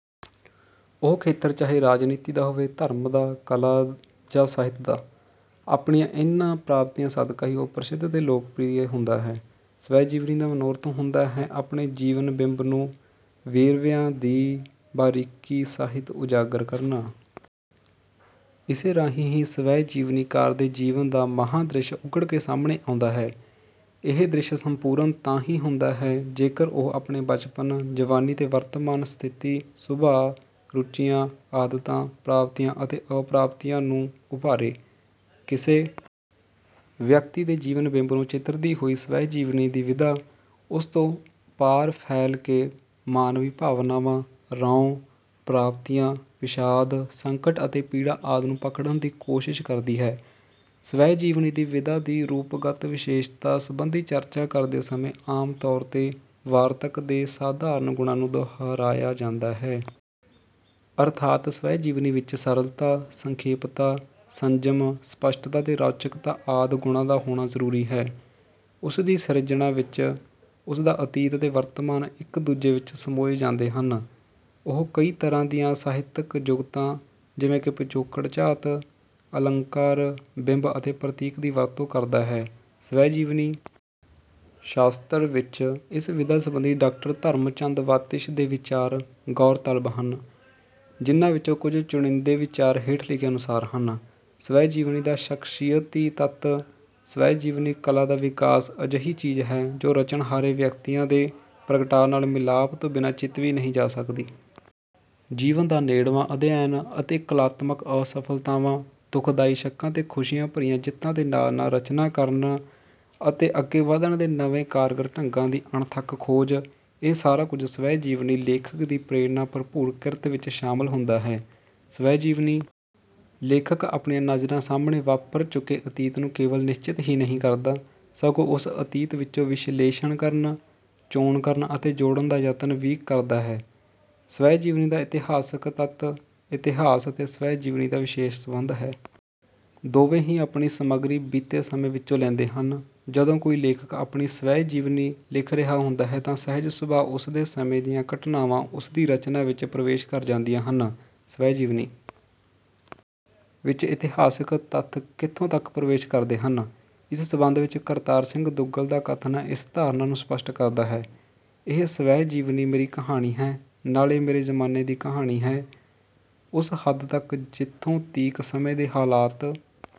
ਉਹ ਖੇਤਰ ਚਾਹੇ ਰਾਜਨੀਤੀ ਦਾ ਹੋਵੇ, ਧਰਮ ਦਾ, ਕਲਾ ਜਾਂ ਸਾਹਿਤ ਦਾ, ਆਪਣੀਆਂ ਇਨ੍ਹਾਂ ਪ੍ਰਾਪਤੀਆਂ ਸਦਕਾ ਹੀ ਉਹ ਪ੍ਰਸਿੱਧ ਤੇ ਲੋਕਪ੍ਰਿਯ ਹੁੰਦਾ ਹੈ। ਸਵੈ-ਜੀਵਨੀ ਦਾ ਮਨੋਰਥ ਹੁੰਦਾ ਹੈ ਆਪਣੇ ਜੀਵਨ-ਬਿੰਬ ਨੂੰ ਵੇਰਵਿਆਂ ਦੀ ਬਾਰੀਕੀ ਸਹਿਤ ਉਜਾਗਰ ਕਰਨਾ। ਇਸੇ ਰਾਹੀਂ ਹੀ ਸਵੈ-ਜੀਵਨੀਕਾਰ ਦੇ ਜੀਵਨ ਦਾ ਮਹਾਂਦ੍ਰਿਸ਼ ਉੱਘੜ ਕੇ ਸਾਹਮਣੇ ਆਉਂਦਾ ਹੈ। ਇਹ ਦ੍ਰਿਸ਼ ਸੰਪੂਰਨ ਤਾਂ ਹੀ ਹੁੰਦਾ ਹੈ ਜੇਕਰ ਉਹ ਆਪਣੇ ਬਚਪਨ, ਜਵਾਨੀ ਤੇ ਵਰਤਮਾਨ ਸਥਿਤੀ, ਸੁਭਾਅ, ਰੁਚੀਆਂ, ਆਦਤਾਂ, ਪ੍ਰਾਪਤੀਆਂ ਅਤੇ ਅਪ੍ਰਾਪਤੀਆਂ ਨੂੰ ਉਭਾਰੇ। ਕਿਸੇ ਵਿਅਕਤੀ ਦੇ ਜੀਵਨ-ਬਿੰਬ ਨੂੰ ਚਿਤਰਦੀ ਹੋਈ ਸਵੈ-ਜੀਵਨੀ ਦੀ ਵਿਧਾ ਉਸ ਤੋਂ ਪਾਰ ਫੈਲ ਕੇ ਮਾਨਵੀ ਭਾਵਨਾਵਾਂ, ਰੌਂਅ, ਪ੍ਰਾਪਤੀਆਂ, ਵਿਸ਼ਾਦ, ਸੰਕਟ ਅਤੇ ਪੀੜਾ ਆਦਿ ਨੂੰ ਪਕੜਣ ਦੀ ਕੋਸ਼ਿਸ਼ ਕਰਦੀ ਹੈ। ਸਵੈ-ਜੀਵਨੀ ਦੀ ਵਿਧਾ ਦੀ ਰੂਪਗਤ ਵਿਸ਼ੇਸ਼ਤਾ ਸੰਬੰਧੀ ਚਰਚਾ ਕਰਦੇ ਸਮੇਂ ਆਮ ਤੌਰ ’ਤੇ ਵਾਰਤਕ ਦੇ ਸਾਧਾਰਨ ਗੁਣਾਂ ਨੂੰ ਦੁਹਰਾਇਆ ਜਾਂਦਾ ਹੈ। ਅਰਥਾਤ ਸਵੈ-ਜੀਵਨੀ ਵਿੱਚ ਸਰਲਤਾ, ਸੰਖੇਪਤਾ, ਸੰਜਮ, ਸਪੱਸ਼ਟਤਾ ਤੇ ਰੌਚਕਤਾ ਆਦਿ ਗੁਣਾਂ ਦਾ ਹੋਣਾ ਜ਼ਰੂਰੀ ਹੈ। ਉਸ ਦੀ ਸਿਰਜਣਾ ਵਿੱਚ ਉਸ ਦਾ ਅਤੀਤ ਤੇ ਵਰਤਮਾਨ ਇੱਕ-ਦੂਜੇ ਵਿੱਚ ਸਮੋਏ ਜਾਂਦੇ ਹਨ। ਉਹ ਕਈ ਤਰ੍ਹਾਂ ਦੀਆਂ ਸਾਹਿਤਕ ਜੁਗਤਾਂ, ਜਿਵੇਂ ਕਿ ਪਿਛੋਕੜ-ਝਾਤ, ਅਲੰਕਾਰ, ਬਿੰਬ ਅਤੇ ਪ੍ਰਤੀਕ ਦੀ ਵਰਤੋਂ ਕਰਦਾ ਹੈ। ਸਵੈ-ਜੀਵਨੀ ਸ਼ਾਸਤਰ’ ਵਿੱਚ ਇਸ ਵਿਧਾ ਸੰਬੰਧੀ ਡਾ. ਧਰਮ ਚੰਦ ਵਾਤਿਸ਼ ਦੇ ਵਿਚਾਰ ਗੌਰਤਲਬ ਹਨ, ਜਿਨ੍ਹਾਂ ਵਿੱਚੋਂ ਕੁਝ ਚੁਣਿੰਦੇ ਵਿਚਾਰ ਹੇਠ ਲਿਖੇ ਅਨੁਸਾਰ ਹਨ—“ਸਵੈ-ਜੀਵਨੀ ਦਾ ਸ਼ਖ਼ਸੀਅਤੀ ਤੱਤ”ਸਵੈ-ਜੀਵਨੀ ਕਲਾ ਦਾ ਵਿਕਾਸ ਅਜਿਹੀ ਚੀਜ਼ ਹੈ ਜੋ ਰਚਣਹਾਰੇ ਵਿਅਕਤੀਆਂ ਦੇ ਪ੍ਰਗਟਾਅ ਨਾਲ ਮਿਲਾਪ ਤੋਂ ਬਿਨਾਂ ਚਿਤਵੀ ਨਹੀਂ ਜਾ ਸਕਦੀ। ਜੀਵਨ ਦਾ ਨੇੜਵਾਂ ਅਧਿਐਨ ਅਤੇ ਕਲਾਤਮਕ ਅਸਫਲਤਾਵਾਂ, ਦੁਖਦਾਈ ਸ਼ੱਕਾਂ ਤੇ ਖੁਸ਼ੀਆਂ ਭਰੀਆਂ ਜਿੱਤਾਂ ਦੇ ਨਾਲ-ਨਾਲ ਰਚਨਾ ਕਰਨ ਅਤੇ ਅੱਗੇ ਵਧਣ ਦੇ ਨਵੇਂ ਕਾਰਗਰ ਢੰਗਾਂ ਦੀ ਅਣਥੱਕ ਖੋਜ—ਇਹ ਸਾਰਾ ਕੁਝ ਸਵੈ-ਜੀਵਨੀ ਲੇਖਕ ਦੀ ਪ੍ਰੇਰਣਾ-ਭਰਪੂਰ ਕਿਰਤ ਵਿੱਚ ਸ਼ਾਮਲ ਹੁੰਦਾ ਹੈ। ਸਵੈ-ਜੀਵਨੀ ਲੇਖਕ ਆਪਣੀਆਂ ਨਜ਼ਰਾਂ ਸਾਹਮਣੇ ਵਾਪਰ ਚੁੱਕੇ ਅਤੀਤ ਨੂੰ ਕੇਵਲ ਨਿਸ਼ਚਿਤ ਹੀ ਨਹੀਂ ਕਰਦਾ, ਸਗੋਂ ਉਸ ਅਤੀਤ ਵਿੱਚੋਂ ਵਿਸ਼ਲੇਸ਼ਣ ਕਰਨ, ਚੋਣ ਕਰਨ ਅਤੇ ਜੋੜਨ ਦਾ ਯਤਨ ਵੀ ਕਰਦਾ ਹੈ।“ਸਵੈ-ਜੀਵਨੀ ਦਾ ਇਤਿਹਾਸਕ ਤੱਤ”ਇਤਿਹਾਸ ਅਤੇ ਸਵੈ-ਜੀਵਨੀ ਦਾ ਵਿਸ਼ੇਸ਼ ਸੰਬੰਧ ਹੈ। ਦੋਵੇਂ ਹੀ ਆਪਣੀ ਸਮੱਗਰੀ ਬੀਤੇ ਸਮੇਂ ਵਿੱਚੋਂ ਲੈਂਦੇ ਹਨ। ਜਦੋਂ ਕੋਈ ਲੇਖਕ ਆਪਣੀ ਸਵੈ-ਜੀਵਨੀ ਲਿਖ ਰਿਹਾ ਹੁੰਦਾ ਹੈ ਤਾਂ ਸਹਿਜ-ਸੁਭਾਅ ਉਸ ਦੇ ਸਮੇਂ ਦੀਆਂ ਘਟਨਾਵਾਂ ਉਸ ਦੀ ਰਚਨਾ ਵਿੱਚ ਪ੍ਰਵੇਸ਼ ਕਰ ਜਾਂਦੀਆਂ ਹਨ। ਸਵੈ-ਜੀਵਨੀ ਵਿੱਚ ਇਤਿਹਾਸਕ ਤੱਥ ਕਿੱਥੋਂ ਤੱਕ ਪ੍ਰਵੇਸ਼ ਕਰਦੇ ਹਨ, ਇਸ ਸੰਬੰਧ ਵਿੱਚ ਕਰਤਾਰ ਸਿੰਘ ਦੁੱਗਲ ਦਾ ਕਥਨ ਇਸ ਧਾਰਨਾ ਨੂੰ ਸਪੱਸ਼ਟ ਕਰਦਾ ਹੈ— “ਇਹ ਸਵੈ-ਜੀਵਨੀ ਮੇਰੀ ਕਹਾਣੀ ਹੈ। ਨਾਲੇ ਮੇਰੇ ਜ਼ਮਾਨੇ ਦੀ ਕਹਾਣੀ ਹੈ। ਉਸ ਹੱਦ ਤੱਕ ਜਿੱਥੋਂ ਤੀਕ ਸਮੇਂ ਦੇ ਹਾਲਾਤ…”